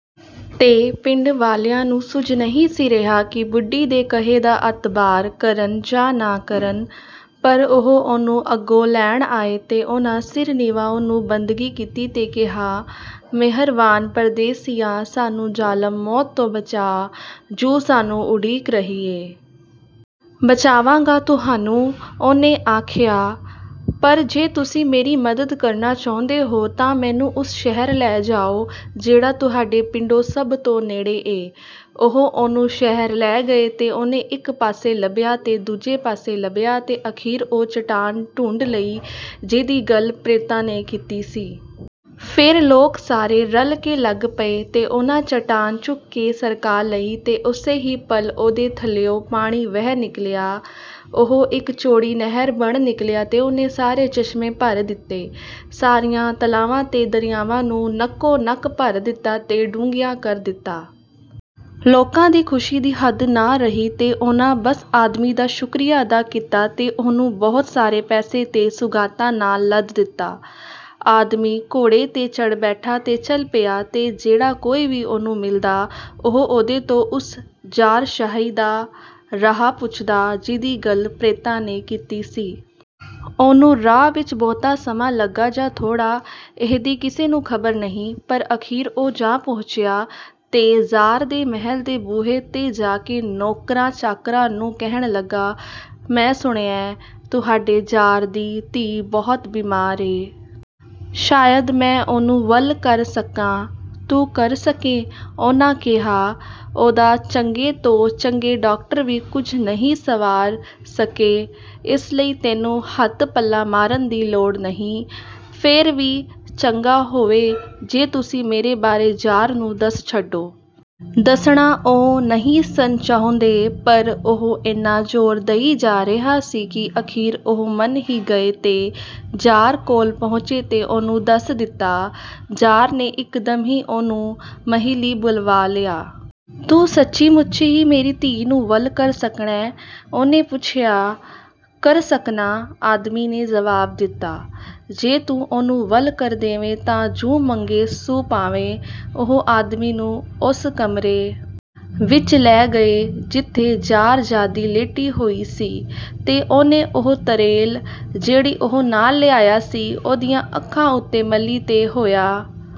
ਤੇ ਪਿੰਡ ਵਾਲਿਆਂ ਨੂੰ ਸੁੱਝ ਨਹੀਂ ਸੀ ਰਿਹਾ ਕਿ ਬੁੱਢੀ ਦੇ ਕਹੇ ਦਾ ਅਤਬਾਰ ਕਰਨ ਜਾਂ ਨਾ ਕਰਨ, ਪਰ ਉਹ ਉਹਨੂੰ ਅਗੋਂ ਲੈਣ ਆਏ, ਤੇ ਉਹਨਾਂ ਸਿਰ ਨਿਵਾ ਉਹਨੂੰ ਬੰਦਗੀ ਕੀਤੀ ਤੇ ਕਿਹਾ, “ਮਿਹਰਵਾਨ ਪ੍ਰਦੇਸੀਆ, ਸਾਨੂੰ ਜ਼ਾਲਮ ਮੌਤ ਤੋਂ ਬਚਾ, ਜੁ ਸਾਨੂੰ ਉਡੀਕ ਰਹੀ ਏ।” “ਬਚਾਵਾਂਗਾ ਤੁਹਾਨੂੰ,” ਉਹਨੇ ਆਖਿਆ। “ਪਰ ਜੇ ਤੁਸੀਂ ਮੇਰੀ ਮਦਦ ਕਰਨਾ ਚਾਹੁੰਦੇ ਹੋ, ਤਾਂ ਮੈਨੂੰ ਓਸ ਸ਼ਹਿਰ ਲੈ ਜਾਓ, ਜਿਹੜਾ ਤੁਹਾਡੇ ਪਿੰਡੋਂ ਸਭ ਤੋਂ ਨੇੜੇ ਏ।” ਉਹ ਉਹਨੂੰ ਸ਼ਹਿਰ ਲੈ ਗਏ, ਤੇ ਉਹਨੇ ਇੱਕ ਪਾਸੇ ਲੱਭਿਆ ਤੇ ਦੂਜੇ ਪਾਸੇ ਲੱਭਿਆ, ਤੇ ਅਖ਼ੀਰ ਉਹ ਚਟਾਨ ਢੂੰਡ ਲਈ, ਜਿਹਦੀ ਗੱਲ ਪ੍ਰੇਤਾਂ ਨੇ ਕੀਤੀ ਸੀ। ਫੇਰ ਲੋਕ ਸਾਰੇ ਰਲ ਕੇ ਲੱਗ ਪਏ, ਤੇ ਉਹਨਾਂ ਚਟਾਨ ਚੁੱਕ ਕੇ ਸਰਕਾ ਲਈ। ਤੇ ਓਸੇ ਹੀ ਪਲ ਉਹਦੇ ਥੱਲਿਉਂ ਪਾਣੀ ਵਹਿ ਨਿਕਲਿਆ। ਉਹ ਇੱਕ ਚੌੜੀ ਨਹਿਰ ਬਣ ਨਿਕਲਿਆ ਤੇ ਉਹਨੇ ਸਾਰੇ ਚਸ਼ਮੇ ਭਰ ਦਿੱਤੇ, ਸਾਰਿਆਂ ਤਲਾਵਾਂ ਤੇ ਦਰਿਆਵਾਂ ਨੂੰ ਨਕੋ-ਨਕ ਭਰ ਦਿੱਤਾ ਤੇ ਡੂੰਘਿਆਂ ਕਰ ਦਿੱਤਾ। ਲੋਕਾਂ ਦੀ ਖੁਸ਼ੀ ਦੀ ਹੱਦ ਨਾ ਰਹੀ, ਤੇ ਉਹਨਾਂ ਓਸ ਆਦਮੀ ਦਾ ਸ਼ੁਕਰੀਆ ਅਦਾ ਕੀਤਾ ਤੇ ਉਹਨੂੰ ਬਹੁਤ ਸਾਰੇ ਪੈਸੇ ਤੇ ਸੁਗਾਤਾਂ ਨਾਲ ਲੱਦ ਦਿੱਤਾ। ਆਦਮੀ ਘੋੜੇ ’ਤੇ ਚੜ੍ਹ ਬੈਠਾ ਤੇ ਚਲ ਪਿਆ, ਤੇ ਜਿਹੜਾ ਕੋਈ ਵੀ ਉਹਨੂੰ ਮਿਲਦਾ, ਉਹ ਉਹਦੇ ਤੋਂ ਉਸ ਜ਼ਾਰਸ਼ਾਹੀ ਦਾ ਰਾਹ ਪੁੱਛਦਾ, ਜਿਹਦੀ ਗੱਲ ਪ੍ਰੇਤਾਂ ਨੇ ਕੀਤੀ ਸੀ। ਉਹਨੂੰ ਰਾਹ ਵਿੱਚ ਬਹੁਤਾ ਸਮਾਂ ਲੱਗਾ ਜਾਂ ਥੋੜ੍ਹਾ, ਇਹਦੀ ਕਿਸੇ ਨੂੰ ਖ਼ਬਰ ਨਹੀਂ; ਪਰ ਅਖ਼ੀਰ ਉਹ ਜਾ ਪਹੁੰਚਿਆ, ਤੇ ਜ਼ਾਰ ਦੇ ਮਹਿਲ ਦੇ ਬੂਹੇ ’ਤੇ ਜਾ ਕੇ ਨੌਕਰਾਂ-ਚਾਕਰਾਂ ਨੂੰ ਕਹਿਣ ਲੱਗਾ, "“ਮੈਂ ਸੁਣਿਐਂ, ਤੁਹਾਡੇ ਜ਼ਾਰ ਦੀ ਧੀ ਬਹੁਤ ਬੀਮਾਰ ਏ। ਸ਼ਾਇਦ ਮੈਂ ਉਹਨੂੰ ਵੱਲ ਕਰ ਸਕਾਂ।” “ਤੂੰ ਕਰ ਸਕੇਂ!” ਉਹਨਾਂ ਕਿਹਾ। “ਉਹਦਾ ਚੰਗੇ ਤੋਂ ਚੰਗੇ ਡਾਕਟਰ ਵੀ ਕੁਝ ਨਹੀਂ ਸੰਵਾਰ ਸਕੇ, ਏਸ ਲਈ ਤੈਨੂੰ ਹੱਥ-ਪੱਲਾ ਮਾਰਨ ਦੀ ਲੋੜ ਨਹੀਂ।” “ਫੇਰ ਵੀ, ਚੰਗਾ ਹੋਵੇ, ਜੇ ਤੁਸੀਂ ਮੇਰੇ ਬਾਰੇ ਜ਼ਾਰ ਨੂੰ ਦੱਸ ਛੱਡੋ।" ਦੱਸਣਾ ਉਹ ਨਹੀਂ ਸਨ ਚਾਹੁੰਦੇ, ਪਰ ਉਹ ਏਨਾ ਜ਼ੋਰ ਦਈ ਜਾ ਰਿਹਾ ਸੀ ਕਿ ਅਖ਼ੀਰ ਉਹ ਮੰਨ ਹੀ ਗਏ ਤੇ ਜ਼ਾਰ ਕੋਲ ਪਹੁੰਚੇ ਤੇ ਉਹਨੂੰ ਦੱਸ ਦਿੱਤਾ। ਜ਼ਾਰ ਨੇ ਇਕਦਮ ਹੀ ਉਹਨੂੰ ਮਹਿਲੀਂ ਬੁਲਵਾ ਲਿਆ। “ਤੂੰ ਸੱਚੀ-ਮੁੱਚੀ ਈ ਮੇਰੀ ਧੀ ਨੂੰ ਵੱਲ ਕਰ ਸਕਣੈ?” ਉਹਨੇ ਪੁੱਛਿਆ। “ਕਰ ਸਕਨਾਂ,” ਆਦਮੀ ਨੇ ਜਵਾਬ ਦਿੱਤਾ। “ਜੇ ਤੂੰ ਉਹਨੂੰ ਵੱਲ ਕਰ ਦੇਵੇਂ, ਤਾਂ ਜੁ ਮੰਗੇਂ ਸੁ ਪਾਵੇਂ।” ਉਹ ਆਦਮੀ ਨੂੰ ਓਸ ਕਮਰੇ ਵਿੱਚ ਲੈ ਗਏ, ਜਿਥੇ ਜ਼ਾਰਜ਼ਾਦੀ ਲੇਟੀ ਹੋਈ ਸੀ, ਤੇ ਉਹਨੇ ਉਹ ਤਰੇਲ, ਜਿਹੜੀ ਉਹ ਨਾਲ ਲਿਆਇਆ ਸੀ, ਉਹਦੀਆਂ ਅੱਖਾਂ ਉਤੇ ਮਲੀ, ਤੇ ਹੋਇਆ